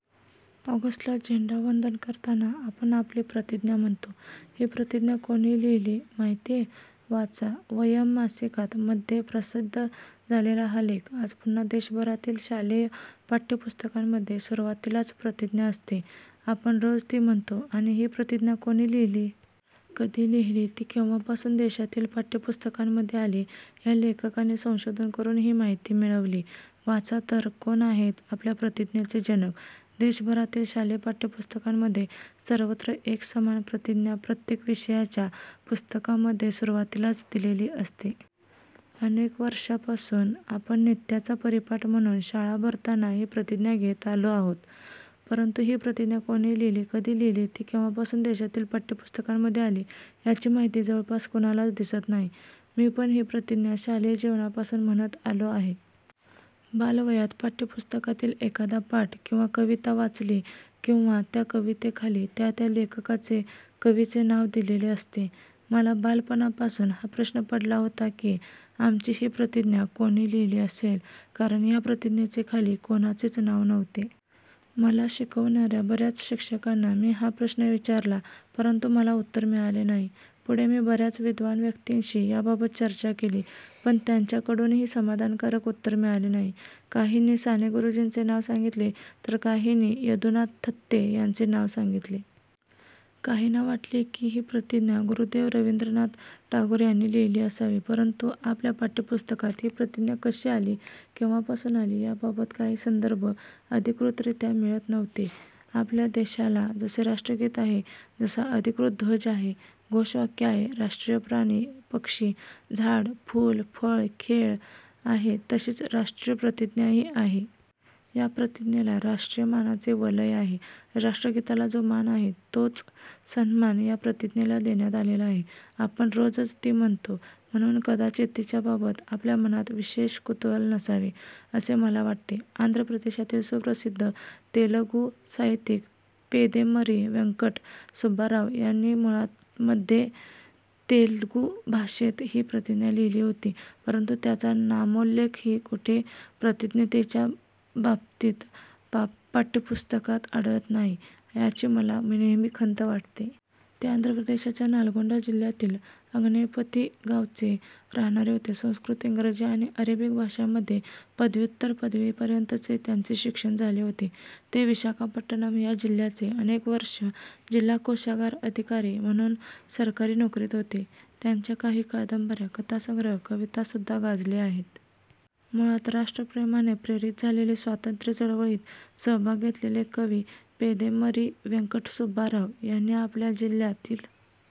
ऑगस्टला झेंडावंदन करताना आपण आपली प्रतिज्ञा म्हणतो. ही प्रतिज्ञा कोणी लिहिली, माहितीये? वाचा, वयम् मासिकात मध्ये प्रसिद्ध झालेला हा लेख, आज पुन्हा! देशभरातील शालेय पाठ्यपुस्तकांमध्ये सुरुवातीलाच ''''प्रतिज्ञा' असते. आपण रोज ती म्हणतो. ही प्रतिज्ञा कोणी लिहिली? कधी लिहिली? ती केव्हापासून देशातील पाठ्यपुस्तकांमध्ये आली? या लेखकाने संशोधन करून ही माहिती मिळवली. वाचा तर, कोण आहेत आपल्या प्रतिज्ञेचे जनक! देशभरातील शालेय पाठ्यपुस्तकांमध्ये सर्वत्र एक समान प्रतिज्ञा प्रत्येक विषयाच्या पुस्तकामध्ये सुरुवातीलाच दिलेली असते. अनेक वर्षांपासून आपण नित्याचा परिपाठ म्हणून शाळा भरताना ही प्रतिज्ञा घेत आलो आहोत. परंतु ही प्रतिज्ञा कोणी लिहिली? कधी लिहिली? ती केव्हापासून देशातील पाठ्यपुस्तकांमध्ये आली? याची माहिती जवळपास कुणालाच दिसत नाही. मी पण ही प्रतिज्ञा शालेय जीवनापासून म्हणत आलो आहे. बालवयात पाठ्यपुस्तकातील एखादा पाठ किंवा कविता वाचली किंवा त्या कवितेखाली त्या त्या लेखकाचे, कवीचे नाव दिलेले असते. मला बालपणापासून हा प्रश्न पडला होता की, आमची ही प्रतिज्ञा कोणी लिहिली असेल? कारण या प्रतिज्ञेच्या खाली कोणाचेच नाव नव्हते. मला शिकवणाऱ्या बऱ्या च शिक्षकांना मी हा प्रश्न विचारला, परंतु मला उत्तर मिळाले नाही. पुढे मी बऱ्याच विद्वान व्यक्तींशी याबाबत चर्चा केली, पण त्यांच्याकडूनही समाधानकारक उत्तर मिळाले नाही. काहींनी साने गुरुजींचे नाव सांगितले, तर काहींनी यदुनाथ थत्ते यांचे नाव सांगितले. काहींना वाटले, ही प्रतिज्ञा गुरुदेव रवींद्रनाथ टागोर यांनी लिहिली असावी. परंतु आपल्या पाठ्यपुस्तकात ही प्रतिज्ञा कशी आली? केव्हापासून आली? याबाबत काही संदर्भ अधिकृतरित्या मिळत नव्हते. आपल्या देशाला जसे राष्ट्रगीत आहे, जसा अधिकृत ध्वज आहे, घोषवाक्य आहे, राष्ट्रीय प्राणी, पक्षी, झाड, फूल, फळ, खेळ आहे तशीच राष्ट्रीय प्रतिज्ञाही आहे. या प्रतिज्ञेला राष्ट्रीय मानाचे वलय आहे. राष्ट्रगीताला जो मान आहे तोच सन्मान या प्रतिज्ञेला देण्यात आलेला आहे. आपण रोजच ती म्हणतो, म्हणून कदाचित तिच्याबाबत आपल्या मनात विशेष कुतूहल नसावे असे मला वाटते. आंध्रप्रदेशातील सुप्रसिद्ध तेलगू साहित्यिक पेदेमरी व्यंकट सुब्बाराव यांनी मुळात मध्ये तेलगू भाषेत ही प्रतिज्ञा लिहिली होती, परंतु त्यांचा नामोल्लेखही कुठे प्रतिज्ञेच्याबाबत पाठ्यपुस्तकात आढळत नाही, याची मला नेहमी खंत वाटते. ते आंध्रप्रदेशच्या नालगोंडा जिल्ह्यातील अन्नेपथीं गावचे राहणारे होते. संस्कृत, इंग्रजी आणि अरेबिक भाषांमध्ये पदव्युत्तर पदवीपर्यंतचे त्यांचे शिक्षण झाले होते. ते विशाखापट्टणम् या जिल्ह्याचे अनेक वर्षं ''''जिल्हा कोषागार अधिकारी' म्हणून सरकारी नोकरीत होते. त्यांच्या काही कादंबऱ्या, कथासंग्रह, कवितासुद्धा गाजले होते. मुळात राष्ट्रप्रेमाने प्रेरित झालेले, स्वातंत्र्य चळवळीत सहभाग घेतलेले कवी पेदेमरी व्यंकट सुब्बाराव यांनी आपल्या जिल्ह्यातील